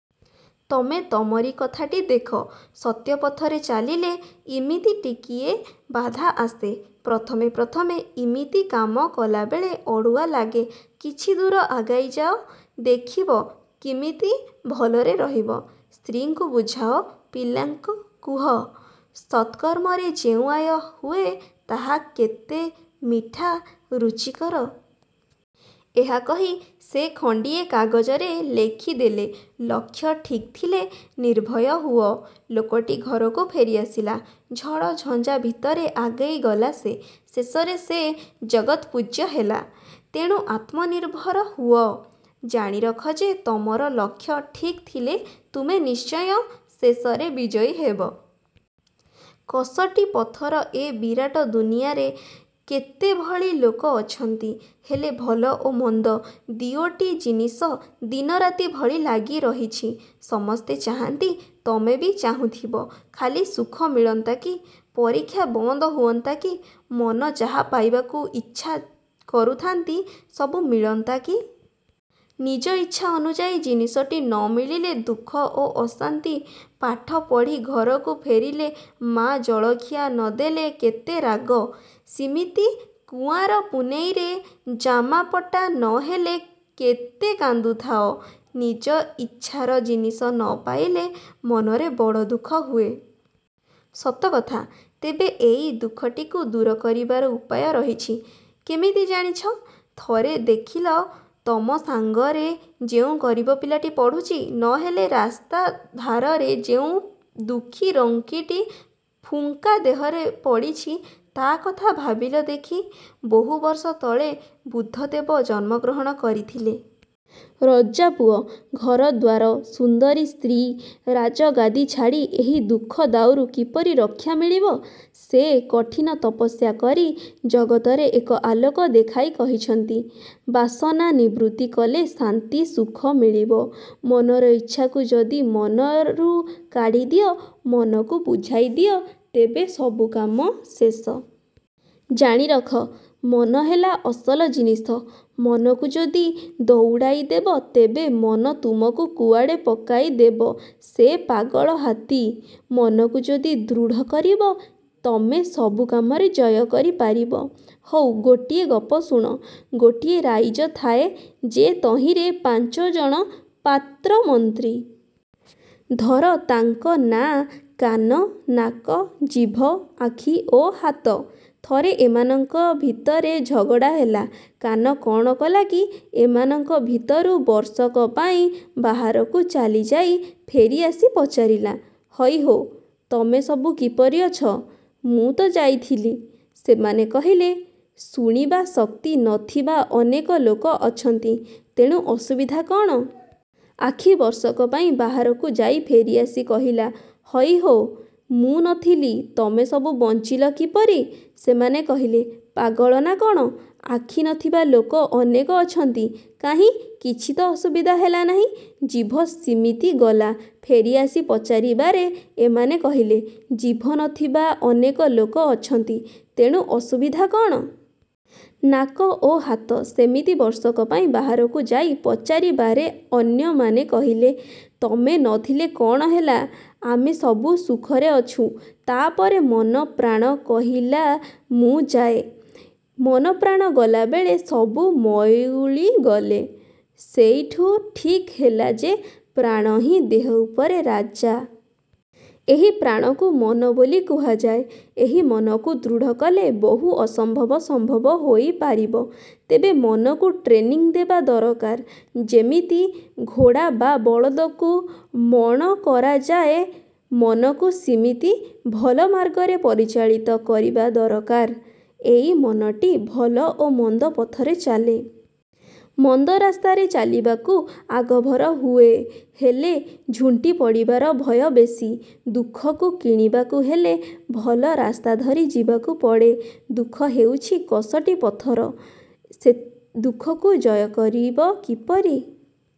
ତମେ ତମରି କଥାଟି ଦେଖ। ସତ୍ୟ ପଥରେ ଚାଲିଲେ ଇମିତି ଟିକିଏ ବାଧା ଆସେ। ପ୍ରଥମେ ପ୍ରଥମେ ଇମିତି କାମ କଲାବେଳେ ଅଡ଼ୁଆ ଲାଗେ। କିଛି ଦୂର ଆଗେଇ ଯାଅ, ଦେଖିବ କିମିତି ଭଲରେ ରହିବ। ସ୍ତ୍ରୀଙ୍କୁ ବୁଝାଅ, ପିଲାଙ୍କୁ କହ—ସତ୍କର୍ମରେ ଯେଉଁ ଆୟ ହୁଏ ତାହା କେତେ ମିଠା, ରୁଚିକର। '' ଏହା କହି ସେ ଖଣ୍ତିଏ କାଗଜରେ ଲେଖିଦେଲେ—'ଲକ୍ଷ୍ୟ ଠିକ୍ ଥିଲେ ନିର୍ଭୟ ହୁଅ'। ଲୋକଟି ଘରକୁ ଫେରିଆସିଲା। ଝଡ଼ଝଞ୍ଜା ଭିତରେ ଆଗେଇଗଲା ସେ। ଶେଷରେ ସେ ଜଗତ୍ପୂଜ୍ୟ ହେଲା। ତେଣୁ ଆତ୍ମନିର୍ଭର ହୁଅ। ଜାଣିରଖ ଯେ ତମର ଲକ୍ଷ୍ୟ ଠିକ୍ ଥିଲେ ତୁମେ ନିଶ୍ଚୟ ଶେଷରେ ବିଜୟୀ ହେବ। କଷଟି ପଥର ଏ ବିରାଟ ଦୁନିଆରେ କେତେଭଳି ଲୋକ ଅଛନ୍ତି। ହେଲେ ଭଲ ଓ ମନ୍ଦ ଦିଓଟି ଜିନିଷ ଦିନରାତି ଭଳି ଲାଗି ରହିଛି। ସମସ୍ତେ ଚାହାନ୍ତି, ତମେ ବି ଚାହୁଁଥିବ, ଖାଲି ସୁଖ ମିଳନ୍ତା କି? ପରୀକ୍ଷା ବନ୍ଦ ହୁଅନ୍ତା କି? ମନ ଯାହା ପାଇବାକୁ ଇଚ୍ଛା କରୁଥାନ୍ତି, ସବୁ ମିଳନ୍ତା କି? ନିଜ ଇଚ୍ଛା ଅନୁଯାୟୀ ଜିନିଷଟି ନ ମିଳିଲେ ଦୁଃଖ ଓ ଅଶାନ୍ତି। ପାଠ ପଢ଼ି ଘରକୁ ଫେରିଲେ ମାଆ ଜଳଖିଆ ନଦେଲେ କେତେ ରାଗ। ସିମିତି କୁଆଁର ପୁନେଇଁରେ ଜାମାପଟା ନହେଲେ କେତେ କାନ୍ଦୁଥାଅ, ନିଜ ଇଚ୍ଛାର ଜିନିଷ ନ ପାଇଲେ ମନରେ ବଡ଼ ଦୁଃଖ ହୁଏ। ସତ କଥା। ତେବେ ଏଇ ଦୁଃଖଟିକୁ ଦୂର କରିବାର ଉପାୟ ରହିଛି। କିମିତି ଜାଣିଛ? ଥରେ ଦେଖିଲ, ତମ ସାଙ୍ଗରେ ଯେଉଁ ଗରିବ ପିଲାଟି ପଢ଼ୁଚି, ନ ହେଲେ ରାସ୍ତା ଧାରାରେ ଯେଉଁ ଦୁଃଖୀ ରଙ୍କିଟି ଫୁଙ୍କା ଦେହରେ ପଡ଼ିଛି, ତା'କଥା ଭାବିଲ ଦେଖି। ବହୁବର୍ଷତଳେ ବୁଦ୍ଧଦେବ ଜନ୍ମଗ୍ରହଣ କରିଥିଲେ। ରଜାପୁଅ, ଘରଦ୍ୱାର, ସୁନ୍ଦରୀ ସ୍ତ୍ରୀ, ରାଜଗାଦି ଛାଡ଼ି ଏହି ଦୁଃଖ ଦାଉରୁ କିପରି ରକ୍ଷା ମିଳିବ, ସେ କଠିନ ତପସ୍ୟା କରି ଜଗତରେ ଏକ ଆଲୋକ ଦେଖାଇ କହିଛନ୍ତି—ବାସନା ନିବୃତ୍ତି କଲେ ଶାନ୍ତି, ସୁଖ, ମିଳିବ। ମନର ଇଚ୍ଛାକୁ ଯଦି ମନରୁ କାଢ଼ିଦିଅ, ମନକୁ ବୁଝାଇ ଦିଅ, ତେବେ ସବୁକାମ ଶେଷ। ଜାଣିରଖ 'ମନ' ହେଲା ଅସଲ ଜିନିଷ। ମନକୁ ଯଦି ଦଉଡ଼ାଇ ଦେବ ତେବେ ମନ ତୁମକୁ କୁଆଡ଼େ ପକାଇ ଦେବ—ସେ ପାଗଳ ହାତୀ। ମନକୁ ଯଦି ଦୃଢ଼ କରିବ ତମେ ସବୁ କାମରେ ଜୟ କରି ପାରିବ। ହଉ ଗୋଟିଏ ଗପ ଶୁଣ। ଗୋଟିଏ ରାଇଜ ଥାଏ ଯେ ତହିଁରେ ପାଞ୍ଚଜଣ ପାତ୍ରମନ୍ତ୍ରୀ। ଧର ତାଙ୍କ ନାଁ କାନ, ନାକ, ଜିଭ, ଆଖି ଓ ହାତ। ଥରେ ଏମାନଙ୍କ ଭିତରେ ଝଗଡ଼ା ହେଲା। କାନ କ'ଣ କଲାକି ଏମାନଙ୍କ ଭିତରୁ ବର୍ଷକ ପାଇଁ ବାହାରକୁ ଚାଲିଯାଇ ଫେରିଆସି ପଚାରିଲା–''ହଇହୋ, ତମେ ସବୁ କିପରି ଅଛ? ମୁଁ ତ ଯାଇଥିଲି। '' ସେମାନେ କହିଲେ, ''ଶୁଣିବା ଶକ୍ତି ନଥିବା ଅନେକ ଲୋକ ଅଛନ୍ତି, ତେଣୁ ଅସୁବିଧା କ'ଣ? '' ଆଖି ବର୍ଷକ ପାଇଁ ବାହାରକୁ ଯାଇ ଫେରିଆସି କହିଲା—''ହଇ ହୋ, ମୁଁ ନଥିଲି, ତମେସବୁ ବଞ୍ଚିଲ କିପରି? '' ସେମାନେ କହିଲେ–''ପାଗଳ ନା କ'ଣ? ଆଖି ନଥିବା ଲୋକ ଅନେକ ଅଛନ୍ତି। କାହିଁ କିଛିତ ଅସୁବିଧା ହେଲା ନାହିଁ। '' ଜିଭ ସିମିତି ଗଲା, ଫେରିଆସି ପଚାରିବାରେ ଏମାନେ କହିଲେ, ''ଜିଭ ନଥିବା ଅନେକ ଲୋକ ଅଛନ୍ତି, ତେଣୁ ଅସୁବିଧା କ'ଣ? '' ନାକ ଓ ହାତ ସେମିତି ବର୍ଷକ ପାଇଁ ବାହାରକୁ ଯାଇ ପଚାରିବାରେ ଅନ୍ୟମାନେ କହିଲେ—''ତମେ ନ ଥିଲେ କ'ଣ ହେଲା, ଆମେସବୁ ସୁଖରେ ଅଛୁଁ-। '' ତା'ପରେ ମନ-ପ୍ରାଣ କହିଲା ମୁଁ ଯାଏଁ। ମନ-ପ୍ରାଣ ଗଲାବେଳେ ସବୁ ମଉଳିଗଲେ। ସେଇଠୁ ଠିକ୍ ହେଲା ଯେ ପ୍ରାଣ ହିଁ ଦେହ ଉପରେ ରାଜା। ଏହି ପ୍ରାଣକୁ ମନ ବୋଲି କୁହାଯାଏ। ଏହି ମନକୁ ଦୃଢ଼ କଲେ ବହୁ ଅସମ୍ଭବ ସମ୍ଭବ ହୋଇପାରିବ। ତେବେ ମନକୁ ଟ୍ରେନିଂ ଦେବା ଦରକାର। ଯେମିତି ଘୋଡ଼ା ବା ବଳଦକୁ ମଣ କରାଯାଏ, ମନକୁ ସିମିତି ଭଲ ମାର୍ଗରେ ପରିଚାଳିତ କରିବା ଦରକାର। ଏଇ ମନଟି ଭଲ ଓ ମନ୍ଦ ପଥରେ ଚାଲେ। ମନ୍ଦ ରାସ୍ତାରେ ଚାଲିବାକୁ ଆଗଭର ହୁଏ। ହେଲେ ଝୁଣ୍ଟିପଡ଼ିବାର ଭୟ ବେଶି। ଦୁଃଖକୁ କିଣିବାକୁ ହେଲେ ଭଲ ରାସ୍ତାଧରି ଯିବାକୁ ପଡ଼େ। ସେ ଦୁଃଖ ହେଉଛି କଷଟି ପଥର। ଦୁଃଖକୁ ଜୟ କରିବ କିପରି?